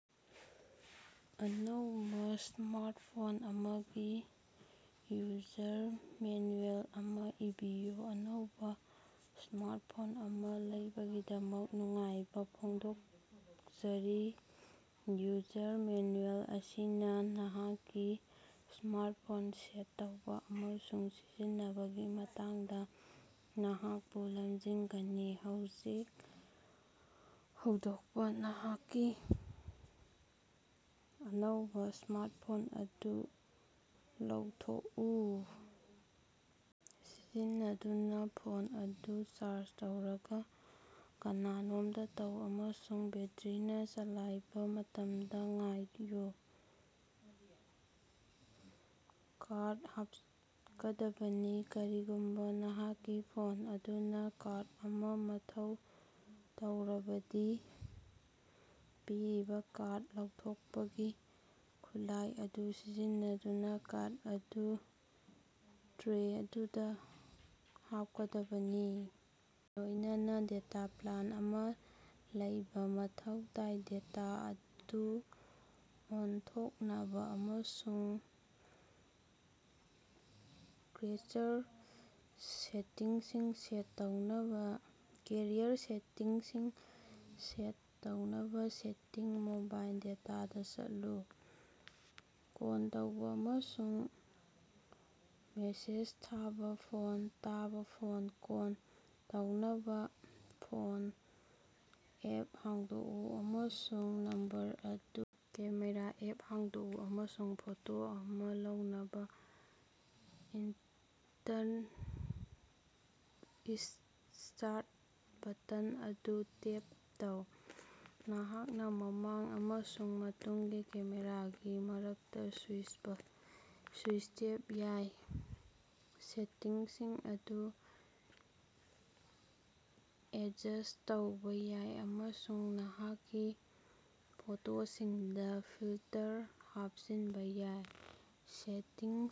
ꯑꯅꯧꯕꯥ smart phone ꯑꯃꯒꯤ user manual ꯑꯃꯥ ꯏꯕꯤꯌꯨ꯫ ꯑꯅꯧꯕꯥ ꯁ꯭ꯃꯥꯔꯇꯐꯣꯟ ꯑꯃꯥ ꯂꯧꯕꯒꯤꯗꯃꯛ ꯅꯨꯡꯉꯥꯏꯕꯥ ꯐꯣꯡꯗꯣꯀꯆꯔꯤ! ꯌꯨꯖꯔ ꯃꯦꯟꯌꯨꯑꯦꯜ ꯑꯁꯤꯅꯥ ꯅꯍꯥꯛꯀꯤ ꯁ꯭ꯃꯥꯔꯇꯐꯣꯟ ꯁꯦꯠ ꯇꯧꯕꯥ ꯑꯃꯁꯨꯡ ꯁꯤꯖꯤꯟꯅꯕꯒꯤ ꯃꯇꯥꯡꯗꯥ ꯅꯍꯥꯛꯄꯨ ꯂꯝꯖꯤꯡꯒꯅꯤ꯫ ꯍꯧꯖꯤꯛ ꯍꯧꯗꯣꯛꯄꯥ ꯅꯍꯥꯛꯀꯤ ꯑꯅꯧꯕꯥ ꯁ꯭ꯃꯥꯔꯇꯐꯣꯟ ꯑꯗꯨ ꯂꯧꯊꯣꯀꯎ: ꯁꯤꯖꯤꯟꯅꯗꯨꯅꯥ ꯐꯣꯟ ꯑꯗꯨ ꯆꯥꯔꯖ ꯇꯧꯔꯒꯥ ꯀꯅꯥꯅꯣꯝꯗ ꯇꯧ ꯑꯃꯁꯨꯡ ꯕꯦꯇꯔꯤꯅꯥ ꯆꯂꯥꯏꯕꯥ ꯃꯇꯝꯗꯥ ꯉꯥꯏꯌꯨ꯫ ꯀꯥꯔꯗ ꯍꯥꯄꯀꯗꯕꯅꯤ: ꯀꯔꯤꯒꯨꯝꯕꯥ ꯅꯍꯥꯛꯀꯤ ꯐꯣꯟ ꯑꯗꯨꯅꯥ ꯀꯥꯔꯗ ꯑꯃꯥ ꯃꯊꯧ ꯇꯧꯔꯕꯗꯤ, ꯄꯤꯔꯤꯕꯥ ꯀꯥꯔꯗ ꯂꯧꯊꯣꯛꯄꯒꯤ ꯈꯨꯠꯂꯥꯏ ꯑꯗꯨ ꯁꯤꯖꯤꯟꯅꯗꯨꯅꯥ ꯀꯥꯔꯗ ꯑꯗꯨ ꯇ꯭ꯔꯦ ꯑꯗꯨꯗꯥ ꯍꯥꯄꯀꯗꯕꯅꯤ꯫ ꯂꯣꯏꯅꯅꯥ ꯗꯦꯇꯥ ꯄ꯭ꯂꯥꯟ ꯑꯃꯥ ꯂꯩꯕꯥ ꯃꯊꯧ ꯇꯥꯏ꯫ ꯗꯦꯇꯥ ꯑꯗꯨ ꯑꯣꯟꯊꯣꯛꯅꯕꯥ ꯑꯃꯁꯨꯡ ꯀ꯭ꯔꯦꯆꯔ ꯁꯦꯇꯤꯡꯁꯤꯡ ꯁꯦꯠ ꯇꯧꯅꯕꯥ ꯁꯦꯇꯤꯡꯁ ꯃꯣꯕꯥꯏꯜ ꯗꯦꯇꯥꯗꯥ ꯆꯠꯂꯨ꯫ ꯀꯣꯜ ꯇꯧꯕꯥ ꯑꯃꯁꯨꯡ ꯃꯦꯁꯦꯖ ꯊꯥꯕꯥ ꯐꯣꯟ ꯀꯣꯜ ꯇꯧꯅꯕꯥ ꯐꯣꯟ ꯑꯦꯞ ꯍꯥꯡꯗꯣꯀꯎ ꯑꯃꯁꯨꯡ ꯅꯝꯕꯔ ꯑꯗꯨ ꯀꯦꯃꯦꯔꯥ ꯑꯦꯞ ꯍꯥꯡꯗꯣꯀꯎ, ꯑꯃꯁꯨꯡ ꯐꯣꯇꯣ ꯑꯃꯥ ꯂꯧꯅꯕꯥ ꯢꯟꯇ꯭ꯔꯟ ꯏꯁꯇ꯭ꯔꯠ ꯕꯇꯟ ꯑꯗꯨ ꯇꯦꯞ ꯇꯧ꯫ ꯅꯍꯥꯛꯅꯥ ꯃꯃꯥꯡ ꯑꯃꯁꯨꯡ ꯃꯇꯨꯡꯒꯤ ꯀꯦꯃꯦꯔꯥꯒꯤ ꯃꯔꯛꯇꯥ ꯁꯨꯏꯆ ꯇꯦꯕ ꯌꯥꯏ, ꯁꯦꯇꯤꯡꯁꯤꯡ ꯑꯗꯨ ꯑꯦꯗꯖꯁ꯭ꯠ ꯇꯧꯕꯥ ꯌꯥꯏ ꯑꯃꯁꯨꯡ ꯅꯍꯥꯛꯀꯤ ꯐꯣꯇꯣꯁꯤꯡꯗꯥ ꯐꯤꯜꯇꯔ ꯍꯥꯄꯆꯤꯟꯕꯥ ꯌꯥꯏ꯫ ꯁꯦꯇꯤꯡꯁ